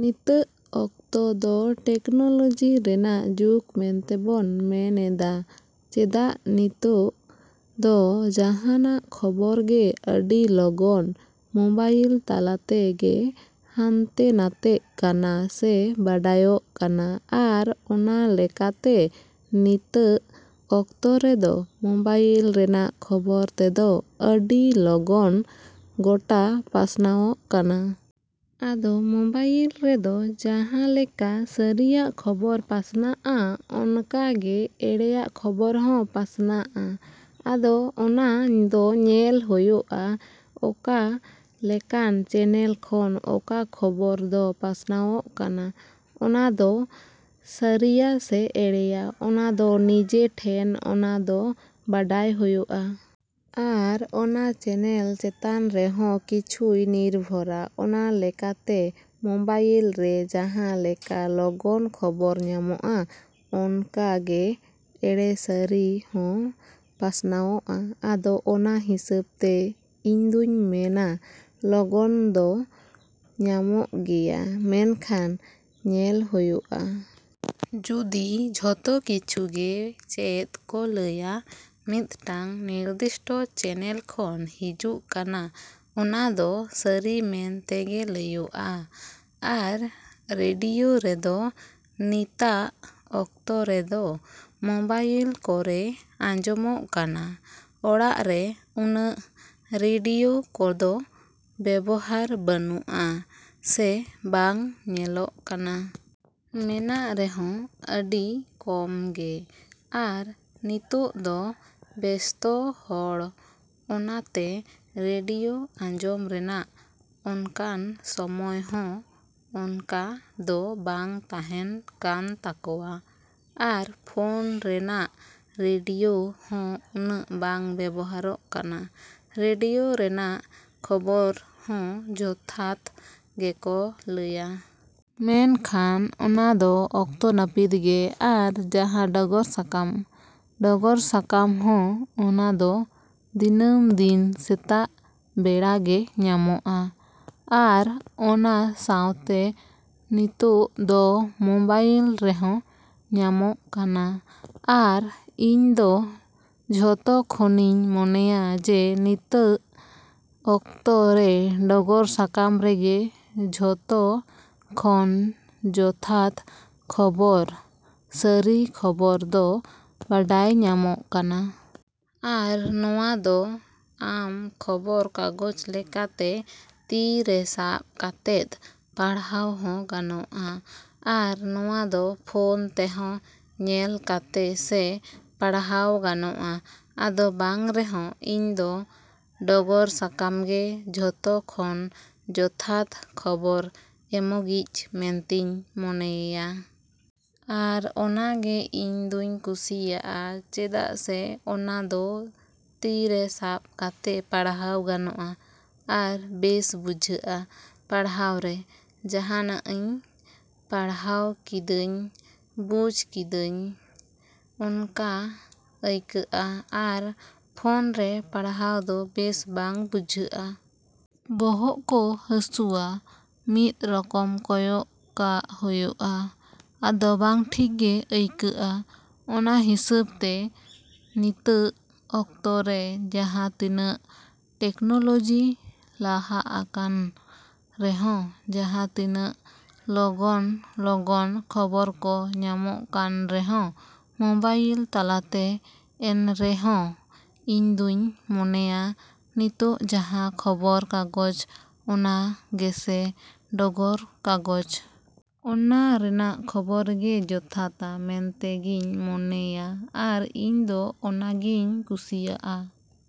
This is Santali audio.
ᱱᱤᱛᱟᱜ ᱚᱠᱛᱚ ᱫᱚ ᱴᱮᱠᱱᱳᱞᱳᱡᱤ ᱨᱮᱱᱟᱜ ᱡᱩᱜᱽ ᱢᱮᱱᱛᱮᱵᱚᱱ ᱢᱮᱱᱮᱫᱼᱟ᱾ ᱪᱮᱫᱟᱜ ᱱᱤᱛᱚᱜ ᱫᱚ ᱡᱟᱦᱟᱸᱱᱟᱜ ᱠᱷᱚᱵᱚᱨ ᱜᱮ ᱟᱹᱰᱤ ᱞᱚᱜᱚᱱ ᱢᱳᱵᱟᱭᱤᱞ ᱛᱟᱞᱟᱛᱮ ᱜᱮ ᱦᱟᱱᱛᱮ ᱱᱟᱛᱮᱜ ᱠᱟᱱᱟ ᱥᱮ ᱵᱟᱰᱟᱭᱚᱜ ᱠᱟᱱᱟ᱾ ᱟᱨ ᱚᱱᱟ ᱞᱮᱠᱟᱛᱮ ᱱᱤᱛᱟᱜ ᱚᱠᱛᱚ ᱨᱮᱫᱚ ᱢᱳᱵᱟᱭᱤᱞ ᱨᱮᱱᱟᱜ ᱠᱷᱚᱵᱚᱨ ᱛᱮᱫᱚ ᱟᱹᱰᱤ ᱞᱚᱜᱚᱱ ᱜᱚᱴᱟ ᱯᱟᱥᱱᱟᱣᱚᱜ ᱠᱟᱱᱟ᱾ ᱟᱫᱚ ᱢᱳᱵᱟᱭᱤᱞ ᱨᱮᱫᱚ, ᱡᱟᱦᱟᱸᱞᱮᱠᱟ ᱥᱟᱹᱨᱤᱭᱟᱜ ᱠᱷᱚᱵᱚᱨ ᱯᱟᱥᱱᱟᱜᱼᱟ, ᱚᱱᱠᱟᱜᱮ ᱮᱲᱮᱭᱟᱜ ᱠᱷᱚᱵᱚᱨ ᱦᱚᱸ ᱯᱟᱥᱱᱟᱜᱼᱟ᱾ ᱟᱫᱚ ᱚᱱᱟ ᱫᱚ ᱧᱮᱞ ᱦᱳᱭᱳᱜᱼᱟ, ᱚᱠᱟ ᱞᱮᱠᱟᱱ ᱪᱮᱱᱮᱞ ᱠᱷᱚᱱ ᱚᱱᱟ ᱠᱷᱚᱵᱚᱨ ᱫᱚ ᱯᱟᱥᱱᱟᱣᱚᱜ ᱠᱟᱱᱟ᱾ ᱚᱱᱟᱫᱚ ᱥᱟᱹᱨᱤᱭᱟ ᱥᱮ ᱮᱲᱮᱭᱟ, ᱚᱱᱟᱫᱚ ᱱᱤᱡᱮ ᱴᱷᱮᱱ ᱚᱱᱟᱫᱚ ᱵᱟᱰᱟᱭ ᱦᱳᱭᱳᱜᱼᱟ᱾ ᱟᱨ ᱚᱱᱟ ᱪᱮᱱᱮᱞ ᱪᱮᱛᱟᱱ ᱨᱮᱦᱚᱸ ᱠᱤᱪᱷᱩᱭ ᱱᱤᱨᱵᱷᱚᱨᱟ᱾ ᱚᱱᱟ ᱞᱮᱠᱟᱛᱮ ᱢᱳᱵᱟᱭᱤᱞ ᱨᱮ ᱡᱟᱦᱟᱸᱞᱮᱠᱟ ᱞᱚᱜᱚᱱ ᱠᱷᱚᱵᱚᱨ ᱧᱟᱢᱚᱜᱼᱟ, ᱚᱱᱠᱟ ᱜᱮ ᱮᱲᱮ ᱥᱟᱹᱨᱤ ᱦᱚᱸ ᱯᱟᱥᱱᱟᱣᱚᱜᱼᱟ᱾ ᱟᱫᱚ ᱚᱱᱟ ᱦᱤᱥᱟᱹᱵ ᱛᱮ ᱤᱧᱫᱩᱧ ᱢᱮᱱᱟ ᱞᱚᱜᱚᱱ ᱫᱚ ᱧᱟᱢᱚᱜ ᱜᱮᱭᱟ ᱢᱮᱱᱠᱷᱟᱱ ᱧᱮᱞ ᱦᱳᱭᱳᱜᱼᱟ᱾ ᱡᱩᱫᱤ ᱡᱷᱚᱛᱚ ᱠᱤᱪᱷᱩᱜᱮ ᱪᱮᱫ ᱠᱚ ᱞᱟᱹᱭᱟ ᱢᱤᱫᱴᱟᱝ ᱱᱤᱨᱫᱤᱥᱴᱚ ᱪᱮᱱᱮᱞ ᱠᱷᱚᱱ ᱦᱤᱡᱩᱜ ᱠᱟᱱᱟ, ᱚᱱᱟ ᱫᱚ ᱥᱟᱹᱨᱤ ᱢᱮᱱ ᱛᱮᱜᱮ ᱞᱟᱹᱭᱚᱜᱼᱟ᱾ ᱟᱨ ᱨᱮᱰᱤᱭᱳ ᱨᱮᱫᱚ ᱱᱤᱛᱟᱜ ᱚᱠᱛᱚ ᱨᱮᱫᱚ ᱢᱳᱵᱟᱭᱤᱞ ᱠᱚᱨᱮ ᱟᱸᱡᱚᱢᱚᱜ ᱠᱟᱱᱟ᱾ ᱚᱲᱟᱜ ᱨᱮ ᱩᱱᱟᱹᱜ ᱨᱮᱰᱤᱭᱳ ᱠᱚᱫᱚ ᱵᱮᱵᱚᱦᱟᱨ ᱵᱟᱹᱱᱩᱜᱼᱟ, ᱥᱮ ᱵᱟᱝ ᱧᱮᱞᱚᱜ ᱠᱟᱱᱟ᱾ ᱢᱮᱱᱟᱜ ᱨᱮᱦᱚᱸ ᱟᱹᱰᱤ ᱠᱚᱢ ᱜᱮ᱾ ᱟᱨ ᱱᱤᱛᱳᱜ ᱫᱚ ᱵᱮᱥᱛᱚ ᱦᱚᱲ ᱚᱱᱟᱛᱮ ᱨᱮᱰᱤᱭᱳ ᱟᱸᱡᱚᱢ ᱨᱮᱱᱟᱜ ᱚᱱᱠᱟᱱ ᱥᱚᱢᱚᱭ ᱦᱚᱸ ᱚᱱᱠᱟ ᱫᱚ ᱵᱟᱝ ᱛᱟᱦᱮᱸᱱ ᱠᱟᱱ ᱛᱟᱠᱚᱣᱟ᱾ ᱟᱨ ᱯᱷᱳᱱ ᱨᱮᱱᱟᱜ ᱨᱮᱰᱤᱭᱳ ᱦᱚᱸ ᱩᱱᱟᱹᱜ ᱵᱟᱝ ᱵᱮᱵᱚᱦᱟᱨᱚᱜ ᱠᱟᱱᱟ᱾ ᱨᱮᱰᱤᱭᱳ ᱨᱮᱱᱟᱜ ᱠᱷᱚᱵᱚᱨ ᱦᱚᱸ ᱡᱚᱛᱷᱟᱛ ᱜᱮᱠᱚ ᱞᱟᱹᱭᱟ᱾ ᱢᱮᱱᱠᱷᱟᱱ ᱚᱱᱟ ᱫᱚ ᱚᱠᱛᱚ ᱱᱟᱹᱯᱤᱛ ᱜᱮ᱾ ᱟᱨ ᱡᱟᱦᱟᱸ ᱰᱚᱜᱚᱨ ᱥᱟᱠᱟᱢ, ᱰᱚᱜᱚᱨ ᱥᱟᱠᱟᱢ ᱦᱚᱸ ᱚᱱᱟᱫᱚ ᱫᱤᱱᱟᱹᱢ ᱫᱤᱱ ᱥᱮᱛᱟᱜ ᱵᱮᱲᱟ ᱜᱮ ᱧᱟᱢᱚᱜᱼᱟ᱾ ᱟᱨ ᱚᱱᱟ ᱥᱟᱶᱛᱮ ᱱᱤᱛᱳᱜ ᱫᱚ ᱢᱳᱵᱟᱭᱤᱞ ᱨᱮᱦᱚᱸ ᱧᱟᱢᱚᱜ ᱠᱟᱱᱟ᱾ ᱟᱨ ᱤᱧ ᱫᱚ ᱡᱷᱚᱛᱚ ᱠᱷᱚᱱᱤᱧ ᱢᱚᱱᱮᱭᱟ ᱡᱮ ᱱᱤᱛᱟᱜ ᱚᱠᱛᱚ ᱨᱮ ᱰᱚᱜᱚᱨ ᱥᱟᱠᱟᱢ ᱨᱮᱜᱮ ᱡᱷᱚᱛᱚ ᱠᱷᱚᱱ ᱡᱚᱛᱷᱟᱛ ᱠᱷᱚᱵᱚᱨ ᱥᱟᱹᱨᱤ ᱠᱷᱚᱵᱚᱨ ᱫᱚ ᱵᱟᱰᱟᱭ ᱧᱟᱢᱚᱜ ᱠᱟᱱᱟ᱾ ᱟᱨ ᱱᱚᱣᱟ ᱫᱚ ᱟᱢ ᱠᱷᱚᱵᱚᱨ ᱠᱟᱜᱚᱡ ᱞᱮᱠᱟᱛᱮ ᱛᱤ ᱨᱮ ᱥᱟᱵ ᱠᱟᱛᱮᱫ ᱯᱟᱲᱦᱟᱣ ᱦᱚᱸ ᱜᱟᱱᱚᱜᱼᱟ᱾ ᱟᱨ ᱱᱚᱣᱟ ᱫᱚ ᱯᱷᱳᱱ ᱛᱮᱦᱚᱸ ᱧᱮᱞ ᱠᱟᱛᱮ ᱥᱮ ᱯᱟᱲᱦᱟᱣ ᱜᱟᱱᱚᱜᱼᱟ᱾ ᱟᱫᱚ ᱵᱟᱝ ᱨᱮᱦᱚᱸ ᱤᱧ ᱫᱚ ᱰᱚᱜᱚᱨ ᱥᱟᱠᱟᱢ ᱜᱮ ᱡᱷᱚᱛᱚ ᱠᱷᱚᱱ ᱡᱚᱛᱷᱟᱛ ᱠᱷᱚᱵᱚᱨ ᱮᱢᱚᱜᱤᱡ ᱢᱮᱱᱛᱤᱧ ᱢᱚᱱᱮᱭᱮᱭᱟ᱾ ᱟᱨ ᱚᱱᱟ ᱜᱮ ᱤᱧ ᱫᱩᱧ ᱠᱩᱥᱤᱭᱟᱜᱼᱟ᱾ ᱪᱮᱫᱟᱜ ᱥᱮ ᱚᱱᱟ ᱫᱚ ᱛᱤ ᱨᱮ ᱥᱟᱵ ᱠᱟᱛᱮ ᱯᱟᱲᱦᱟᱣ ᱜᱟᱱᱚᱜᱼᱟ᱾ ᱟᱨ ᱵᱮᱥ ᱵᱩᱡᱷᱟᱹᱜᱼᱟ ᱯᱟᱲᱦᱟᱣ ᱨᱮ᱾ ᱡᱟᱦᱟᱸᱱᱟᱜ ᱤᱧ ᱯᱟᱲᱦᱟᱣ ᱠᱤᱫᱟᱹᱧ, ᱵᱩᱡ ᱠᱤᱫᱟᱹᱧ ᱚᱱᱠᱟ ᱟᱹᱭᱠᱟᱹᱜᱼᱟ᱾ ᱟᱨ ᱯᱷᱳᱱ ᱨᱮ ᱯᱟᱲᱦᱟᱣ ᱫᱚ ᱵᱮᱥ ᱵᱟᱝ ᱵᱩᱡᱷᱟᱹᱜᱼᱟ᱾ ᱵᱚᱦᱚᱜ ᱠᱚ ᱦᱟᱹᱥᱩᱣᱟ, ᱢᱤᱫ ᱨᱚᱠᱚᱢ ᱠᱚᱭᱚᱜ ᱠᱟᱜ ᱦᱳᱭᱳᱜᱼᱟ᱾ ᱟᱫᱚ ᱵᱟᱝ ᱴᱷᱤᱠ ᱜᱮ ᱟᱹᱭ ᱠᱟᱹᱜᱼᱟ᱾ ᱚᱱᱟ ᱦᱤᱸᱥᱟᱹᱵ ᱛᱮ ᱱᱤᱛᱟᱜ ᱚᱠᱛᱚ ᱨᱮ ᱡᱟᱦᱟᱸ ᱛᱤᱱᱟᱹᱜ ᱴᱮᱠᱱᱳᱞᱳᱡᱤ ᱞᱟᱦᱟ ᱟᱠᱟᱱ ᱨᱮᱦᱚᱸ ᱡᱟᱦᱟᱸᱛᱤᱱᱟᱹᱜ ᱞᱚᱜᱚᱱ-ᱞᱚᱜᱚᱱ ᱠᱷᱚᱵᱚᱨ ᱠᱚ ᱧᱟᱢᱚᱜ ᱠᱟᱱ ᱨᱮᱦᱚᱸ ᱢᱳᱵᱟᱭᱤᱞ ᱛᱟᱞᱟᱛᱮ ᱮᱱᱨᱮᱦᱚᱸ ᱤᱧᱫᱩᱧ ᱢᱚᱱᱮᱭᱟ, ᱱᱤᱛᱳᱜ ᱡᱟᱦᱟᱸ ᱠᱷᱚᱵᱚᱨ ᱠᱟᱜᱚᱡ, ᱚᱱᱟᱜᱮᱥᱮ ᱰᱚᱜᱚᱨ ᱠᱟᱜᱚᱡ᱾ ᱚᱱᱟ ᱨᱮᱱᱟᱜ ᱠᱷᱚᱵᱚᱨ ᱜᱮ ᱡᱚᱛᱷᱟᱛᱟ ᱢᱮᱱᱛᱮᱜᱤᱧ ᱢᱚᱱᱮᱭᱟ ᱟᱨ ᱤᱧ ᱫᱚ ᱚᱱᱟᱜᱤᱧ ᱠᱩᱥᱤᱭᱟᱜᱼᱟ।